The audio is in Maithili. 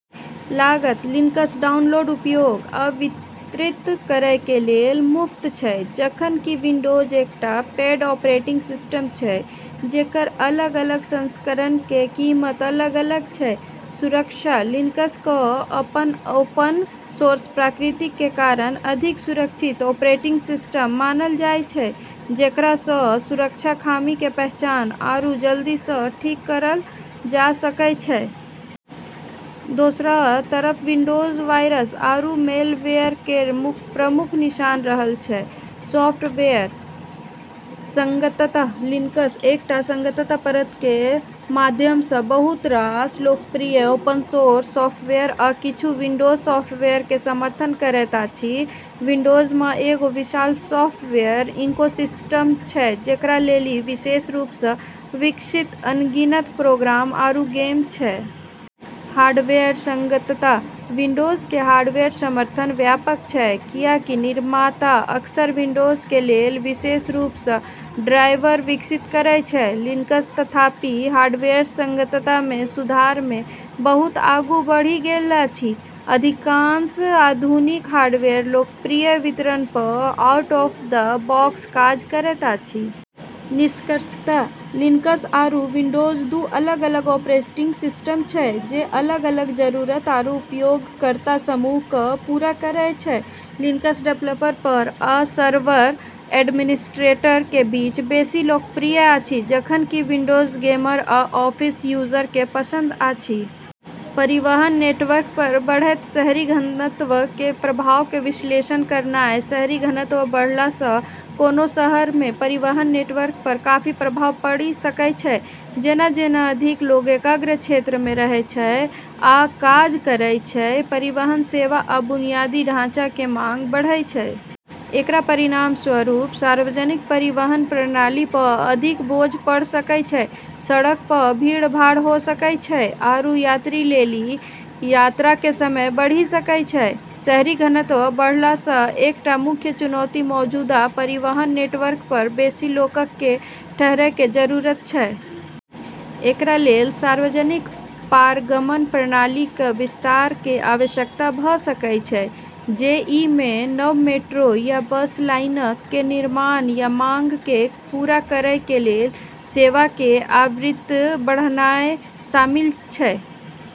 लागत लिनक्स डाउनलोड, उपयोग‌ आ वितरित करय कें लेल मुफ्त छै जखन कि विंडोज एकटा पेड ऑपरेटिंग सिस्टम छै जेकर अलग-अलग संस्करणक कें कीमत अलग-अलग छै, सुरक्षा लिनक्स क॑ अपनऽ ओपन-सोर्स प्रकृति के कारण अधिक सुरक्षित ऑपरेटिंग सिस्टम मानलऽ जाय छै‌ जेकरा स॑ सुरक्षा खामी के पहचान आरू जल्दी स॑ ठीक करलऽ जाय सकै छै। दोसरा तरफ विंडोज वायरस आरू मैलवेयर केरऽ प्रमुख निशाना रहलऽ छै, सॉफ्टवेयर संगतता: लिनक्स एकटा संगतता परत के माध्यम सं बहुत रास लोकप्रिय ओपन-सोर्स सॉफ्टवेयर आ किछु विंडोज सॉफ्टवेयर के समर्थन करैत अछि विंडोज म॑ एगो विशाल सॉफ्टवेयर इकोसिस्टम छै जेकरा लेली विशेष रूप स॑ विकसित अनगिनत प्रोग्राम आरू गेम छै। हार्डवेयर संगतता: विंडोज कें हार्डवेयर समर्थन व्यापक छै, कियाकि निर्माता अक्सर विंडोज कें लेल विशेष रूप सं ड्राइवर विकसित करय छै, लिनक्स, तथापि हार्डवेयर संगतता मे सुधार मे बहुत आगू बढ़ि गेल अछि, अधिकांश आधुनिक हार्डवेयर लोकप्रिय वितरण पर आउट-ऑफ-द-बॉक्स काज करैत अछि। निष्कर्षतः लिनक्स आरू विंडोज दू अलग-अलग ऑपरेटिंग सिस्टम छै जे अलग-अलग जरूरत आरू उपयोगकर्ता समूह क॑ पूरा करै छै, लिनक्स डेवलपर आ सर्वर एडमिनिस्ट्रेटर के बीच बेसी लोकप्रिय अछि जखन कि विंडोज गेमर आ ऑफिस यूजर के पसंद अछि। परिवहन नेटवर्क पर बढ़ैत शहरी घनत्व कें प्रभाव कें विश्लेषण करनाय शहरी घनत्व बढ़ला सं कोनों शहर मे परिवहन नेटवर्क पर काफी प्रभाव पड़ि सकय छै जेना-जेना अधिक लोग एकाग्र क्षेत्र मे रहय छै आ काज करय छै, परिवहन सेवा आ बुनियादी ढाँचा कें मांग बढ़य छै। एकरा परिणामस्वरूप सार्वजनिक परिवहन प्रणाली प॑ अधिक बोझ पड़॑ सकै छै, सड़कऽ प॑ भीड़भाड़ होय सकै छै आरू यात्री लेली यात्रा के समय बढ़ी सकै छै, शहरी घनत्व बढ़ला सं एकटा मुख्य चुनौती मौजूदा परिवहन नेटवर्क पर बेसि लोकक कें ठहरय कें जरूरत छै। एकरा लेल सार्वजनिक पारगमन प्रणाली कें विस्तार कें आवश्यकता भ सकय छै जइ मे नव मेट्रो या बस लाइनक कें निर्माण या मांग कें पूरा करय कें लेल सेवा कें आवृत्त बढ़ानाय शामिल छै।